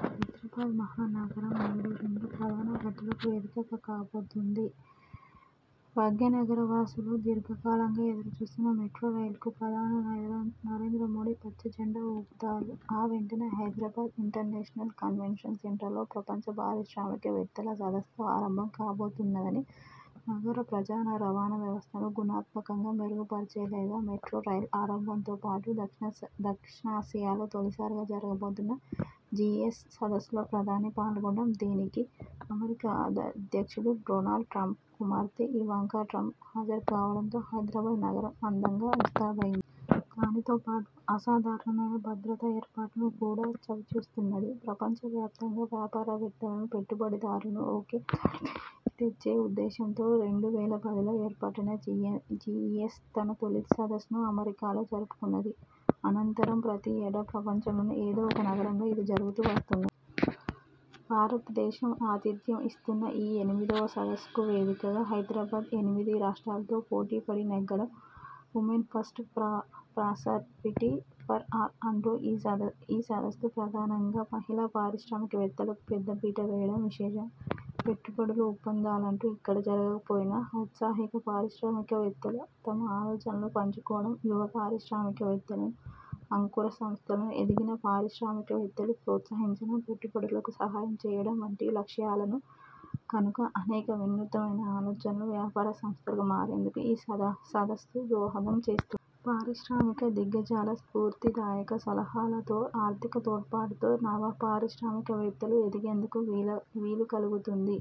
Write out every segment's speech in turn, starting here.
హైదరాబాద్ మహానగరం నేడు రెండు ప్రధాన ఘట్టాలకు వేదిక కాబోతున్నది. భాగ్యనగర వాసులు దీర్ఘకాలంగా ఎదురుచూస్తున్న మెట్రో రైల్కు ప్రధాని నరేంద్రమోదీ పచ్చజెండా ఊపుతారు. ఆ వెంటనే హైదరాబాద్ ఇంటర్నేషనల్ కన్వెన్షన్ సెంటర్లో ప్రపంచ పారిశ్రామిక వేత్తల సదస్సు ఆరంభం కాబోతున్నది. నగర ప్రజారవాణా వ్యవస్థను గుణాత్మకంగా మెరుగు పరచగలిగే మెట్రో రైల్ ఆరంభంతో పాటు, దక్షిణాసియాలో తొలిసారిగా జరగబోతున్న జీ ఈ ఎస్ సదస్సులో ప్రధాని పాల్గొనడం, దీనికి అమెరికా అధ్యక్షుడు డొనాల్డ్ ట్రంప్ కుమార్తె ఇవాంకా ట్రంప్ హాజరు కావడంతో హైదరాబాద్ నగరం అందంగా ముస్తాబైంది. దానితో పాటు అసాధారణమైన భద్రతా ఏర్పాట్లను కూడా చవిచూస్తున్నది. ప్రపంచ వ్యాప్తంగా వ్యాపారవేత్తలను, పెట్టుబడి దారులను ఒకే తాటిపైకి తెచ్చే ఉద్దేశంతో రెండు వేల పదిలో ఏర్పాటైన జీ ఈ ఎస్ తన తొలి సదస్సును అమెరికాలో జరుపుకున్నది. అనంతరం ప్రతి ఏటా ప్రపంచంలోని ఏదో ఒక నగరంలో ఇది జరుగుతూ వస్తున్నది. భారతదేశం ఆతిథ్యం ఇస్తున్న ఈ ఎనిమిదివ సదస్సుకు వేదికగా హైదరాబాద్ ఎనిమిది రాష్ట్రాలతో పోటీపడి నెగ్గడం, 'women first, prosperity for all' అంటూ ఈ సదస్సు ప్రధానంగా మహిళా పారిశ్రామిక వేత్తలకు పెద్ద పీట వేయడం విశేషం. పెట్టుబడుల ఒప్పందాలంటూ ఇక్కడ జరగక పోయినా, ఔత్సాహిక పారిశ్రామిక వేత్తలు తమ ఆలోచనలు పంచుకోవడం, యువ పారిశ్రామిక వేత్తలను, అంకుర సంస్థలను ఎదిగిన పారిశ్రామిక వేత్తలు ప్రోత్సహించడం, పెట్టుబడులకు సహాయం చేయడం వంటివి లక్ష్యాలు కనుక అనేక వినూత్నమైన ఆలోచనలు వ్యాపార సంస్థలుగా మారేందుకు ఈ సదస్సు దోహదం చేస్తుంది. పారిశ్రామిక దిగ్గజాల స్ఫూర్తిదాయక సలహాలతో, ఆర్థిక తోడ్పాటుతో నవపారిశ్రామిక వేత్తలు ఎదిగేందుకు వీలుకలుగుతుంది.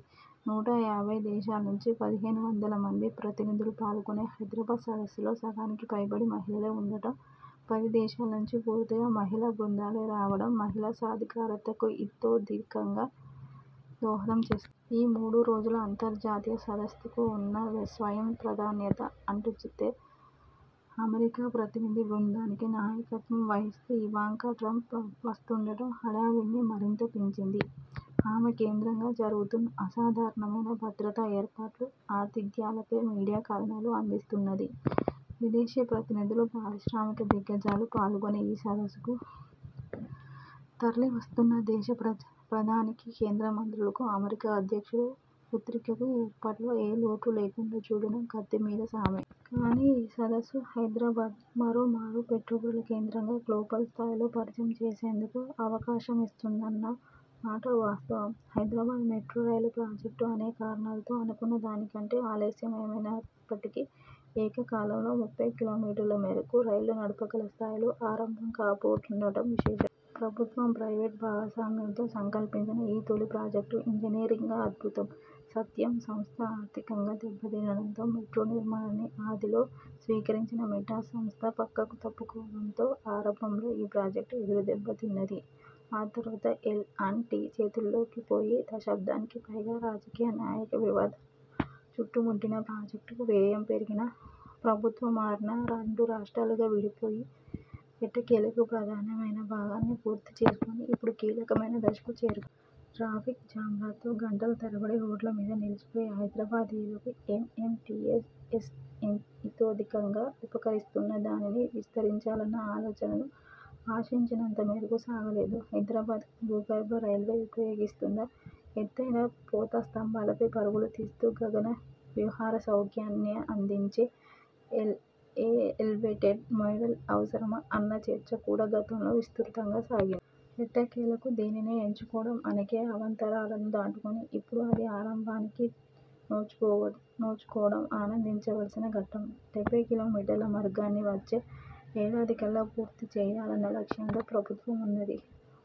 నూట యాభై దేశాల నుంచి పదిహేను వందల మంది ప్రతినిధులు పాల్గొనే హైదరాబాద్ సదస్సులో సగానికి పైబడి మహిళలే ఉండటం, పదిదేశాల నుంచి పూర్తిగా మహిళా బృందాలే రావడం మహిళా సాధికారతకు ఇతోధికంగా దోహదం చేస్తుంది. ఈ మూడు రోజుల అంతర్జాతీయ సదస్సుకు ఉన్న స్వయం ప్రాధాన్యత అటుంచితే, అమెరికా ప్రతినిధి బృందానికి నాయకత్వం వహిస్తూ ఇవాంకా ట్రంప్ వస్తుండటం హడావుడిని మరింత పెంచింది. ఆమె కేంద్రంగా జరుగుతున్న అసాధారణమైన భద్రతా ఏర్పాట్లు, ఆతిథ్యాలపై మీడియా కథనాలు అందిస్తున్నది. విదేశీ ప్రతినిధులు, పారిశ్రామిక దిగ్గజాలు పాల్గొనే ఈ సదస్సుకూ, తరలివస్తున్న దేశ ప్రధానికీ, కేంద్ర మంత్రులకూ, అమెరికా అధ్యక్షుడి పుత్రికకూ ఏర్పాట్లలో ఏ లోటూ లేకుండా చూడటం కత్తి మీద సామే. కానీ, ఈ సదస్సు హైదరాబాద్ను మరో మారు పెట్టుబడుల కేంద్రంగా గ్లోబల్ స్థాయిలో పరిచయం చేసేందుకు అవకాశమిస్తుందన్న మాట వాస్తవం. హైదరాబాద్ మెట్రో రైల్ ప్రాజెక్టు అనేక కారణాలతో అనుకున్న దానికంటే ఆలస్యమైనప్పటికీ, ఏకకాలంలో ముప్పై కిలోమీటర్ల మేరకు రైళ్ళు నడపగల స్థాయిలో ఆరంభం కాబోతుండటం విశేషం. ప్రభుత్వ, ప్రైవేటు భాగస్వామ్యంతో సంకల్పించిన ఈ తొలి ప్రాజెక్టు ఇంజనీరింగ్ అద్భుతమే. సత్యం సంస్థ ఆర్థికంగా దెబ్బ తినడంతో మెట్రో నిర్మాణాన్ని ఆదిలో స్వీకరించిన మేటాస్ సంస్థ పక్కకు తప్పుకోవడంతో ఆరంభంలో ఈ ప్రాజెక్టు ఎదురుదెబ్బ తిన్నది. ఆ తరువాత ఎల్ అండ్ టీ చేతుల్లోకి పోయి, దశాబ్దానికిపైగా రాజకీయ, న్యాయ వివాదాలు చుట్టుముట్టినా, ప్రాజెక్టు వ్యయం పెరిగిపోయినా, ప్రభుత్వాలు మారినా, రెండు రాష్ట్రాలుగా విడిపోయినా ఎట్టకేలకు ప్రధానమైన భాగాన్ని పూర్తిచేసుకొని ఇప్పుడు కీలకమైన దశకు చేరుకుంది. ట్రాఫిక్ జామ్లతో గంటల తరబడి రోడ్లమీద నిలిచిపోయే హైదరాబాదీయులకు ఎం ఎం టీ ఎస్ ఇతోధికంగా ఉపకరిస్తున్నా, దానిని విస్తరించాలన్న ఆలోచనలు ఆశించినంత మేరకు సాగలేదు. హైదరాబాద్కు భూగర్భ రైల్వే ఉపయోగిస్తుందా, ఎత్తైన పోతస్తంభాలపై పరుగులు తీస్తూ గగనవిహార సౌఖ్యాన్ని అందించే ఎలెవేటెడ్ మోడల్ అవసరమా అన్న చర్చ కూడా గతంలో విస్తృతంగా సాగింది. ఎట్టకేలకు దీనినే ఎంచుకోవడం, అనేక అవాంతరాలను దాటుకొని ఇప్పుడు అది ఆరంభానికి నోచుకోవడం ఆనందించలసిన ఘట్టం. డెబ్బై కిలోమీటర్ల మార్గాన్నీ వచ్చే ఏడాదికల్లా పూర్తి చేయాలన్న లక్ష్యంలో ప్రభుత్వం ఉన్నది.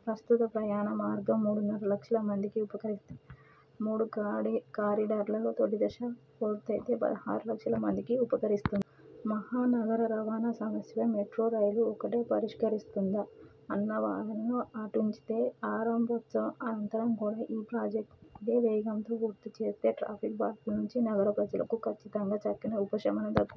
ప్రస్తుత ప్రయాణ మార్గం మూడున్నర లక్షల మందికి ఉపకరిస్తే, మూడు కారిడార్లలో తొలిదశ పూర్తయితే పదహారు లక్షల మందికి ఉపకరిస్తుంది. మహానగర రవాణా సమస్యను మెట్రో రైలు ఒక్కటే పరిష్కరిస్తుందా అన్న వాదనను అటుంచితే, ఆరంభోత్సవం అనంతరం కూడా ఈ ప్రాజెక్టును ఇదే వేగంతో పూర్తి చేస్తే ట్రాఫిక్ బాధల నుంచి నగర ప్రజలకు కచ్చితంగా చక్కని ఉపశమనం దక్కుతుంది.